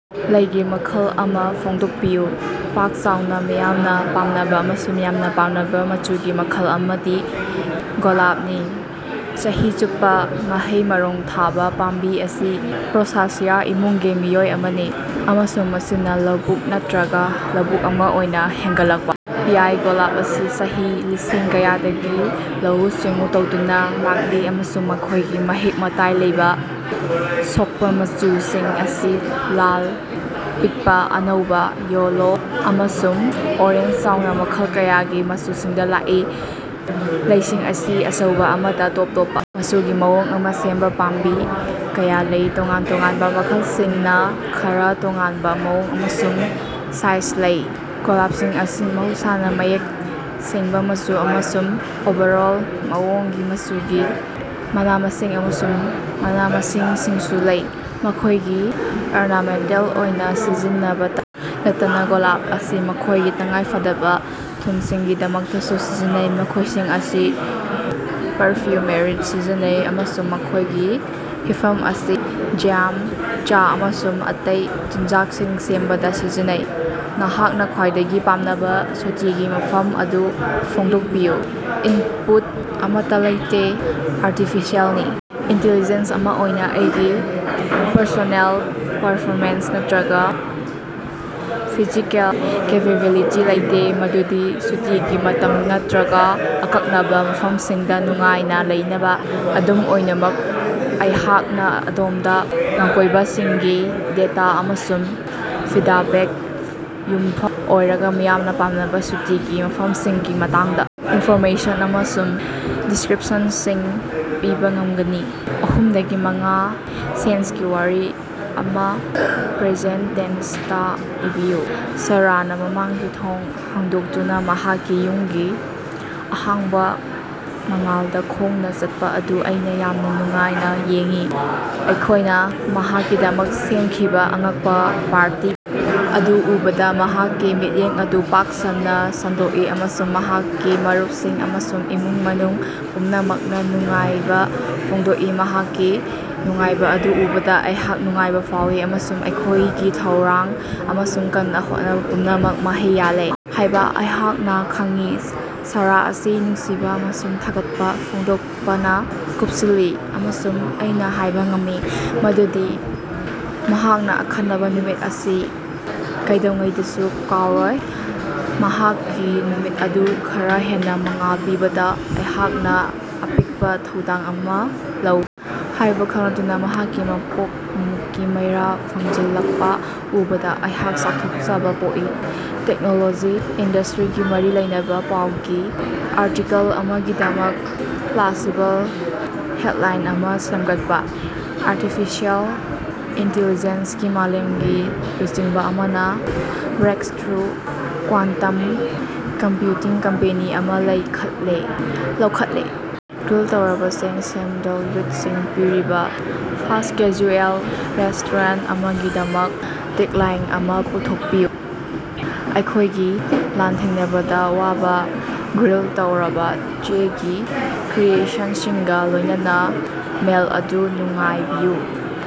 ꯂꯩꯒꯤ ꯃꯈꯜ ꯑꯃ ꯐꯣꯡꯗꯣꯛꯄꯤꯌꯨ꯫ ꯄꯥꯛ-ꯆꯥꯎꯅ ꯃꯤꯌꯥꯝꯅ ꯄꯥꯝꯅꯕ ꯑꯃꯁꯨꯡ ꯌꯥꯝꯅ ꯄꯥꯝꯅꯕ ꯃꯆꯨꯒꯤ ꯃꯈꯜ ꯑꯃꯗꯤ ꯒꯣꯂꯥꯞꯅꯤ꯫ ꯆꯍꯤ ꯆꯨꯞꯄ ꯃꯍꯩ ꯃꯔꯣꯡ ꯊꯥꯕ ꯄꯥꯝꯕꯤ ꯑꯁꯤ ꯔꯣꯁꯥꯁꯤꯌꯥ ꯏꯃꯨꯡꯒꯤ ꯃꯤꯑꯣꯏ ꯑꯃꯅꯤ, ꯑꯃꯁꯨꯡ ꯃꯁꯤꯅ ꯂꯧꯕꯨꯛ ꯅꯠꯇꯔꯒ ꯂꯧꯕꯨꯛ ꯑꯃꯥ ꯑꯣꯏꯅ ꯍꯦꯟꯒꯠꯂꯛꯄ ꯌꯥꯏ꯫ ꯒꯣꯂꯥꯞ ꯑꯁꯤ ꯆꯍꯤ ꯂꯤꯁꯤꯡ ꯀꯌꯥꯗꯒꯤ ꯂꯧꯎ-ꯁꯤꯡꯎ ꯇꯧꯗꯨꯅ ꯂꯥꯛꯂꯤ ꯑꯃꯁꯨꯡ ꯃꯈꯣꯏꯒꯤ ꯃꯍꯤꯛ-ꯃꯇꯥꯏ ꯂꯩꯕ, ꯁꯣꯛꯄ ꯃꯆꯨꯁꯤꯡ ꯑꯁꯤ ꯂꯥꯜ, ꯄꯤꯛꯄꯥ, ꯑꯅꯧꯕꯥ, ꯌꯦꯜꯂꯣ ꯑꯃꯁꯨꯡ ꯑꯣꯔꯦꯟꯖ ꯌꯥꯎꯅ ꯃꯈꯜ ꯀꯌꯥꯒꯤ ꯃꯆꯨꯁꯤꯡꯗ ꯂꯥꯛꯏ꯫ ꯂꯩꯁꯤꯡ ꯑꯁꯤ ꯑꯆꯧꯕ ꯑꯃꯗ ꯇꯣꯞ ꯇꯣꯞꯄ ꯃꯆꯨꯒꯤ ꯃꯑꯣꯡ ꯑꯃ ꯁꯦꯝꯕ ꯄꯥꯝꯕꯤ ꯀꯌꯥ ꯂꯩ, ꯇꯣꯉꯥꯟ-ꯇꯣꯉꯥꯟꯕ ꯃꯈꯜꯁꯤꯡꯅ ꯈꯔ ꯇꯣꯉꯥꯟꯕ ꯃꯑꯣꯡ ꯑꯃꯁꯨꯡ ꯁꯥꯏꯖ ꯂꯩ꯫ ꯒꯣꯂꯥꯞꯁꯤꯡ ꯑꯁꯤ ꯃꯍꯧꯁꯥꯅ ꯃꯌꯦꯛ ꯁꯦꯡꯕ ꯃꯆꯨ ꯑꯃꯁꯨꯡ ꯑꯣꯚꯔꯑꯣꯜ ꯃꯑꯣꯡꯒꯤ ꯃꯆꯨꯒꯤ ꯃꯅꯥ-ꯃꯁꯤꯡ ꯑꯃꯁꯨꯡ ꯃꯅꯥ-ꯃꯁꯤꯡꯁꯤꯡꯁꯨ ꯂꯩ꯫ ꯃꯈꯣꯏꯒꯤ ꯑꯔꯅꯥꯃꯦꯟꯇꯦꯜ ꯑꯣꯏꯅ ꯁꯤꯖꯤꯟꯅꯕꯇ ꯅꯠꯇꯅ, ꯒꯣꯂꯥꯞ ꯑꯁꯤ ꯃꯈꯣꯏꯒꯤ ꯇꯉꯥꯏꯐꯗꯕ ꯊꯨꯝꯁꯤꯡꯒꯤꯗꯃꯛꯇꯁꯨ ꯁꯤꯖꯤꯟꯅꯩ, ꯃꯈꯣꯏꯁꯤꯡ ꯑꯁꯤ ꯄꯥꯔꯐꯤꯎꯃꯦꯔꯤꯗ ꯁꯤꯖꯤꯟꯅꯩ, ꯑꯃꯁꯨꯡ ꯃꯈꯣꯏꯒꯤ ꯍꯤꯞꯐꯝ ꯑꯁꯤ ꯖ꯭ꯌꯥꯝ, ꯆꯥ ꯑꯃꯁꯨꯡ ꯑꯇꯩ ꯆꯤꯟꯖꯥꯛꯁꯤꯡ ꯁꯦꯝꯕꯗ ꯁꯤꯖꯤꯟꯅꯩ꯫ ꯅꯍꯥꯛꯅ ꯈ꯭ꯋꯥꯏꯗꯒꯤ ꯄꯥꯝꯅꯕ ꯁꯨꯇꯤꯒꯤ ꯃꯐꯝ ꯑꯗꯨ ꯐꯣꯡꯗꯣꯛꯄꯤꯌꯨ꯫ ꯏꯟꯄꯨꯠ ꯑꯃꯠꯇ ꯂꯩꯇꯦ꯫ ꯑꯥꯔꯇꯤꯐꯤꯁꯤꯑꯦꯜꯅꯤ ꯏꯟꯇꯤꯂꯤꯖ‌ꯦꯟꯁ ꯑꯃ ꯑꯣꯏꯅ ꯑꯩꯒꯤ ꯄꯔꯁꯣꯅꯦꯜ ꯄꯔꯐꯦꯔꯦꯟꯁ ꯅꯠꯇꯔꯒ ꯐꯤꯖꯤꯀꯦꯜ ꯀꯦꯄꯦꯕꯤꯂꯤꯇꯤ ꯂꯩꯇꯦ ꯃꯗꯨꯗꯤ ꯁꯨꯇꯤꯒꯤ ꯃꯇꯝ ꯅꯠꯇꯔꯒ ꯑꯀꯛꯅꯕ ꯃꯐꯝꯁꯤꯡꯗ ꯅꯨꯡꯉꯥꯏꯅ ꯂꯩꯅꯕ꯫ ꯑꯗꯨꯝ ꯑꯣꯏꯅꯃꯛ, ꯑꯩꯍꯥꯛꯅ ꯑꯗꯣꯝꯗ ꯂꯝꯀꯣꯏꯕꯁꯤꯡꯒꯤ ꯗꯦꯇꯥ ꯑꯃꯁꯨꯡ ꯐꯤꯗꯕꯦꯛ ꯌꯨꯝꯐꯝ ꯑꯣꯏꯔꯒ ꯃꯤꯌꯥꯝꯅ ꯄꯥꯝꯅꯕ ꯁꯨꯇꯤꯒꯤ ꯃꯐꯝꯁꯤꯡꯒꯤ ꯃꯇꯥꯡꯗ ꯏꯟꯐꯣꯔꯃꯦꯁꯟ ꯑꯃꯁꯨꯡ ꯗꯤꯁ꯭ꯀꯔꯤꯞꯁꯟꯁꯤꯡ ꯄꯤꯕ ꯉꯝꯒꯅꯤ꯫ ꯑꯍꯨꯝꯗꯒꯤ ꯃꯉꯥ ꯁꯦꯟꯁꯁꯀꯤ ꯋꯥꯔꯤ ꯑꯃꯥ ꯄ꯭ꯔꯦꯖꯦꯟꯇ ꯇꯦꯟꯁꯇꯥ ꯏꯕꯤꯌꯨ꯫ ꯁꯥꯔꯥꯅ ꯃꯃꯥꯡꯒꯤ ꯊꯣꯡ ꯍꯥꯡꯗꯣꯛꯇꯨꯅ ꯃꯍꯥꯛꯀꯤ ꯌꯨꯝꯒꯤ ꯑꯍꯥꯡꯕ ꯃꯉꯥꯜꯗ ꯈꯣꯡꯅ ꯆꯠꯄ ꯑꯗꯨ ꯑꯩꯅ ꯌꯥꯝꯅ ꯅꯨꯡꯉꯥꯏꯅ ꯌꯦꯡꯏ꯫ ꯑꯩꯈꯣꯏꯅ ꯃꯍꯥꯛꯀꯤꯗꯃꯛ ꯁꯦꯝꯈꯤꯕ ꯑꯉꯛꯄ ꯄꯥꯔꯇꯤ ꯑꯗꯨ ꯎꯕꯗ ꯃꯍꯥꯛꯀꯤ ꯃꯤꯠꯌꯦꯡ ꯑꯗꯨ ꯄꯥꯛ ꯁꯟꯅ ꯁꯟꯗꯣꯛꯏ, ꯑꯃꯁꯨꯡ ꯃꯍꯥꯛꯀꯤ ꯃꯔꯨꯞꯁꯤꯡ ꯑꯃꯁꯨꯡ ꯏꯃꯨꯡ ꯃꯅꯨꯡ ꯄꯨꯝꯅꯃꯛꯅ ꯅꯨꯡꯉꯥꯏꯕ ꯐꯣꯡꯗꯣꯛꯏ꯫ ꯃꯍꯥꯛꯀꯤ ꯅꯨꯡꯉꯥꯏꯕ ꯑꯗꯨ ꯎꯕꯗ ꯑꯩꯍꯥꯛ ꯅꯨꯡꯉꯥꯏꯕ ꯐꯥꯎꯏ ꯑꯃꯁꯨꯡ ꯑꯩꯈꯣꯏꯒꯤ ꯊꯧꯔꯥꯡ ꯑꯃꯁꯨꯡ ꯀꯟꯅ ꯍꯣꯠꯅꯕ ꯄꯨꯝꯅꯃꯛ ꯃꯍꯩ ꯌꯥꯜꯂꯦ ꯍꯥꯏꯕ ꯑꯩꯍꯥꯛꯅ ꯈꯪꯏ꯫ ꯁꯥꯔꯥ ꯑꯁꯤ ꯅꯨꯡꯁꯤꯕ ꯑꯃꯁꯨꯡ ꯊꯥꯒꯠꯄ ꯐꯣꯡꯗꯣꯛꯄꯅ ꯀꯨꯞꯁꯤꯜꯂꯤ, ꯑꯃꯁꯨꯡ ꯑꯩꯅꯥ ꯍꯥꯏꯕ ꯉꯝꯃꯤ ꯃꯗꯨꯗꯤ ꯃꯍꯥꯛꯅꯥ ꯑꯈꯟꯅꯕ ꯅꯨꯃꯤꯠ ꯑꯁꯤ ꯀꯩꯗꯧꯉꯩꯗꯁꯨ ꯀꯥꯎꯔꯣꯏ꯫ ꯃꯍꯥꯛꯀꯤ ꯅꯨꯃꯤꯠ ꯑꯗꯨ ꯈꯔꯥ ꯍꯦꯟꯅ ꯃꯉꯥꯜ ꯄꯤꯕꯗ ꯑꯩꯍꯥꯛꯅꯥ ꯑꯄꯤꯛꯄ ꯊꯧꯗꯥꯡ ꯑꯃꯥ ꯂꯧ ꯍꯥꯏꯕ ꯈꯪꯂꯗꯨꯅ ꯃꯍꯥꯛꯀꯤ ꯃꯄꯣꯛ ꯅꯨꯃꯤꯠꯀꯤ ꯃꯩꯔꯥ ꯐꯨꯝꯖꯤꯜꯂꯛꯄ ꯎꯕꯗ ꯑꯩꯍꯥꯛ ꯆꯥꯎꯊꯣꯛꯆꯕ ꯄꯣꯛꯏ꯫ ꯇꯦꯛꯅꯣꯂꯣꯖꯤ ꯏꯟꯗꯁ꯭ꯇꯔꯤꯒ ꯃꯔꯤ ꯂꯩꯅꯕ ꯄꯥꯎꯒꯤ ꯑꯥꯔꯇꯤꯀꯜ ꯑꯃꯒꯤꯗꯃꯛ ꯄ꯭ꯂꯥꯖꯁꯤꯕꯜ ꯍꯦꯗꯂꯥꯏꯟ ꯑꯃꯥ ꯁꯦꯝꯒꯠꯄ꯫ ꯑꯥꯔꯇꯤꯐꯤꯁꯤꯑꯦꯜ ꯏꯟꯇꯤꯂꯤꯖꯦꯟꯁꯀꯤ ꯃꯥꯂꯦꯝꯒꯤ ꯂꯨꯆꯤꯡꯕ ꯑꯃꯅ ꯕ꯭ꯔꯦꯀꯊ꯭ꯔꯨ ꯀ꯭ꯋꯥꯟꯇꯝ ꯀꯝꯄ꯭ꯌꯨꯇꯤꯡ ꯀꯝꯄꯦꯅꯤ ꯑꯃ ꯂꯩꯈꯠꯂꯦ ꯂꯧꯈꯠꯂꯦ ꯫ ꯒ꯭ꯔꯤꯜ ꯇꯧꯔꯕ ꯆꯦꯡ ꯁꯦꯟꯗꯜꯋꯨꯗꯁꯤꯡ ꯄꯤꯔꯤꯕ ꯐꯥꯁ꯭ꯠ-ꯀꯦꯖꯨꯑꯦꯜ ꯔꯦꯁ꯭ꯇꯣꯔꯦꯟꯇ ꯑꯃꯒꯤꯗꯃꯛ ꯇꯦꯒꯂꯥꯏꯟ ꯑꯃꯥ ꯄꯨꯊꯣꯛꯄꯤꯌꯨ꯫ ꯑꯩꯈꯣꯏꯒꯤ ꯂꯥꯟꯊꯦꯡꯅꯕꯗ ꯋꯥꯕ ꯒ꯭ꯔꯤꯜ ꯇꯧꯔꯕ ꯆꯦꯒꯤ ꯀ꯭ꯔꯤꯌꯦꯁꯟꯁꯤꯡꯒ ꯂꯣꯏꯅꯅ ꯃꯦꯜꯠ ꯑꯗꯨ ꯅꯨꯡꯉꯥꯏꯕꯤꯌꯨ꯫